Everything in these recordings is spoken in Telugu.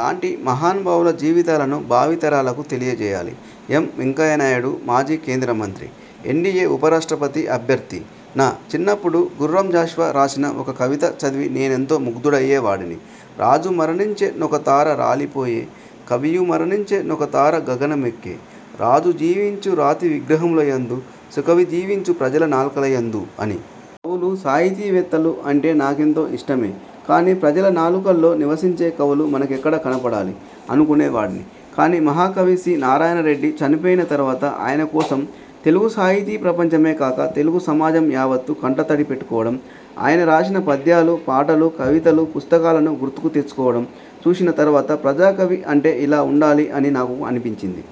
లాంటి మహానుభావుల జీవితాలను భావితరాలకు తెలియజేయాలి. ఎం. వెంకయ్య నాయుడుమాజీ కేంద్ర మంత్రి, ఎన్డీఏ ఉపరాష్ట్రపతి అభ్యర్థినా చిన్నప్పుడు గుర్రం జాషువా రాసిన ఒక కవిత చదివి నేనెంతో ముగ్ధుడయ్యే వాడిని. 'రాజు మరణించె నొక తార రాలిపోయె, కవియు మరణించె నొక తార గగనమెక్కె, రాజు జీవించు రాతి విగ్రహముల యందు, సుకవి జీవించు ప్రజల నాల్కలయందు' అని. కవులూ, సాహితీవేత్తలూ అంటే నాకెంతో ఇష్టమే కాని ప్రజల నాలుకల్లో నివసించే కవులు మనకెక్కడ కనపడాలి.. అనుకునేవాడిని. కాని మహాకవి సి. నారాయణ రెడ్డి చనిపోయిన తర్వాత ఆయన కోసం తెలుగు సాహితీ ప్రపంచమే కాక, తెలుగు సమాజం యావత్తూ కంటతడి పెట్టుకోవడం, ఆయన రాసిన పద్యాలూ, పాటలు, కవితలూ, పుస్తకాలను గుర్తుకు తెచ్చుకోవడం చూసిన తర్వాతప్రజాకవి అంటే ఇలా ఉండాలి అని నాకు అనిపించింది.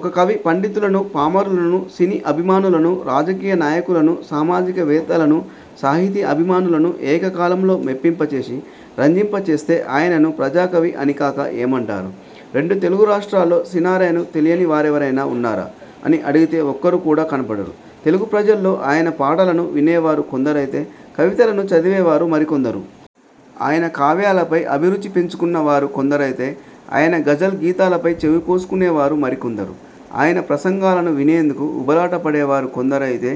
ఒక కవి పండితులను, పామరులను, సినీ అభిమానులను, రాజకీయ నాయకులను, సామాజిక వేత్తలనూ, సాహితీ అభిమానులను ఏకకాలంలో మెప్పింపచేసి, రంజింప చేస్తే ఆయనను ప్రజాకవి అనికాక ఏమంటారు? రెండు తెలుగు రాష్ట్రాల్లో సినారెను తెలియనివారెవరైనా ఉన్నారా అని అడిగితే ఒక్కరు కూడా కనపడరు. తెలుగు ప్రజల్లో ఆయన పాటలను వినేవారు కొందరైతే, కవితలను చదివే వారు మరికొందరు. ఆయన కావ్యాలపై అభిరుచి పెంచుకున్న వారు కొందరైతే, ఆయన గజల్ గీతాలపై చెవి కోసుకునేవారు మరికొందరు. ఆయన ప్రసంగాలను వినేందుకు ఉబలాటపడేవారు కొందరైతే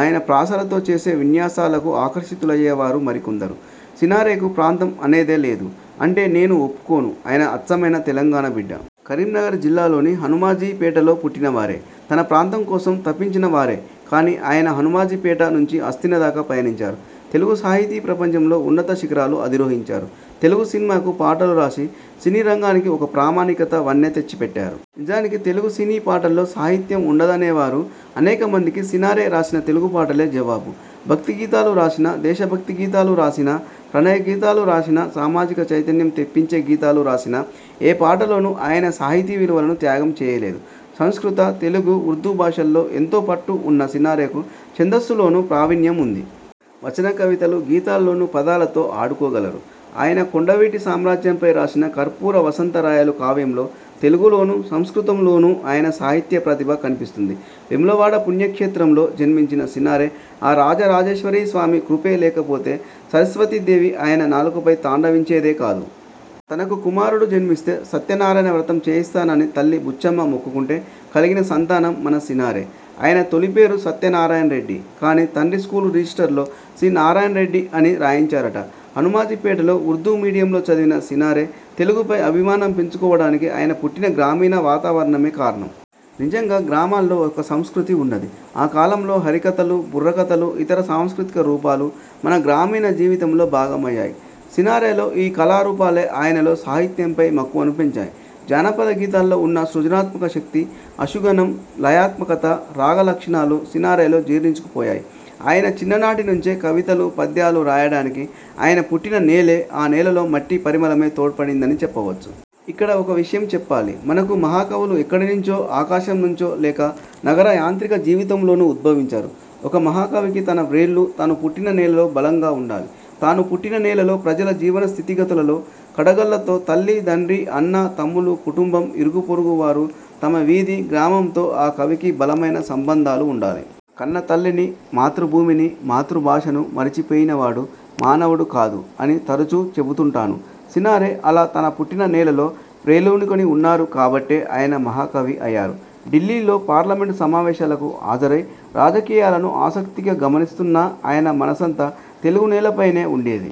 ఆయన ప్రాసలతో చేసే విన్యాసాలకు ఆకర్షితులయ్యేవారు మరికొందరు. సినారెకు ప్రాంతం అనేదే లేదు అంటే నేను ఒప్పుకోను. ఆయన అచ్చమైన తెలంగాణ బిడ్డ. కరీంనగర్ జిల్లాలోని హనుమాజీ పేటలో పుట్టిన వారే. తన ప్రాంతం కోసం తపించిన వారే. కాని ఆయన హనుమాజీ పేట నుంచి హస్తిన దాకా పయనించారు. తెలుగు సాహితీ ప్రపంచంలో ఉన్నత శిఖరాలు అధిరోహించారు. తెలుగు సినిమాకు పాటలు రాసి సినీరంగానికి ఒక ప్రామాణికత, వన్నె తెచ్చిపెట్టారు. నిజానికి తెలుగు సినీ పాటల్లో సాహిత్యం ఉండదనేవారు అనేకమందికి సినారె రాసిన తెలుగు పాటలే జవాబు. భక్తిగీతాలు రాసినా, దేశభక్తి గీతాలు రాసినా, ప్రణయ గీతాలు రాసినా, సామాజిక చైతన్యం తెప్పించే గీతాలు రాసినా ఏ పాటలోనూ ఆయన సాహితీ విలువలను త్యాగం చేయలేదు. సంస్కృత, తెలుగు, ఉర్దూ భాషల్లో ఎంతో పట్టు ఉన్న సినారెకు ఛందస్సులోనూ ప్రావీణ్యం ఉంది. వచన కవితలు, గీతాల్లోనూ పదాలతో ఆడుకోగలరు. ఆయన కొండవీటి సామ్రాజ్యంపై రాసిన కర్పూర వసంత రాయలు కావ్యంలో తెలుగులోనూ, సంస్కృతంలోనూ ఆయన సాహిత్య ప్రతిభ కనిపిస్తుంది. వేములవాడ పుణ్యక్షేత్రంలో జన్మించిన సినారె ఆ రాజరాజేశ్వరీ స్వామి కృపే లేకపోతే సరస్వతీ దేవి ఆయన నాలుకపై తాండవించేదే కాదు. తనకు కుమారుడు జన్మిస్తే సత్యనారాయణ వ్రతం చేయిస్తానని తల్లి బుచ్చమ్మ మొక్కుకుంటే కలిగిన సంతానం మన సినారె. ఆయన తొలి పేరు సత్యనారాయణ రెడ్డి కాని తండ్రి స్కూలు రిజిస్టర్లో సి. నారాయణ రెడ్డి అని రాయించారట. హనూమాజీపేటలో ఉర్దూ మీడియంలో చదివిన సినారె తెలుగుపై అభిమానం పెంచుకోవడానికి ఆయన పుట్టిన గ్రామీణ వాతావరణమే కారణం. నిజంగా గ్రామాల్లో ఒక సంస్కృతి ఉన్నది. ఆ కాలంలో హరికథలు, బుర్రకథలు, ఇతర సాంస్కృతిక రూపాలు మన గ్రామీణ జీవితంలో భాగమయ్యాయి. సినారెలో ఈ కళారూపాలే ఆయనలో సాహిత్యంపై మక్కువను పెంచాయి. జానపదగీతాల్లో ఉన్న సృజనాత్మక శక్తి, అశుగుణం, లయాత్మకత, రాగలక్షణాలు సినారేలో జీర్ణించుకుపోయాయి. ఆయన చిన్ననాటి నుంచే కవితలు, పద్యాలు రాయడానికి ఆయన పుట్టిన నేలే, ఆ నేలలో మట్టి పరిమళమే తోడ్పడిందని చెప్పవచ్చు. ఇక్కడ ఒక్క విషయం చెప్పాలి. మనకు మహాకవులు ఎక్కడినుంచో, ఆకాశం నుంచో లేక నగర యాంత్రిక జీవితంలోనూ ఉద్భవించరు. ఒక మహాకవికి తన వ్రేళ్లు తాను పుట్టిన నేలలో బలంగా ఉండాలి. తాను పుట్టిన నేలలో ప్రజల జీవన స్థితిగతులతో, కడగళ్లతో, తల్లీ తండ్రీ అన్నా, తమ్ములు, కుటుంబం, ఇరుగు పొరుగువారు, తమ వీధి, గ్రామంతో ఆ కవికి బలమైన సంబంధాలు ఉండాలి. కన్నతల్లిని, మాతృభూమిని, మాతృభాషను మరిచిపోయిన వాడు మానవుడు కాదు.. అని తరుచూ చెబుతుంటాను. సినారె అలా తన పుట్టిన నేలలో వ్రేళ్లూనికుని ఉన్నారు కాబట్టే ఆయన మహాకవి అయ్యారు. ఢిల్లీలో పార్లమెంట్ సమావేశాలకు హాజరై రాజకీయాలను ఆసక్తిగా గమనిస్తున్నా ఆయన మనసంతా తెలుగునేలపైనే ఉండేది.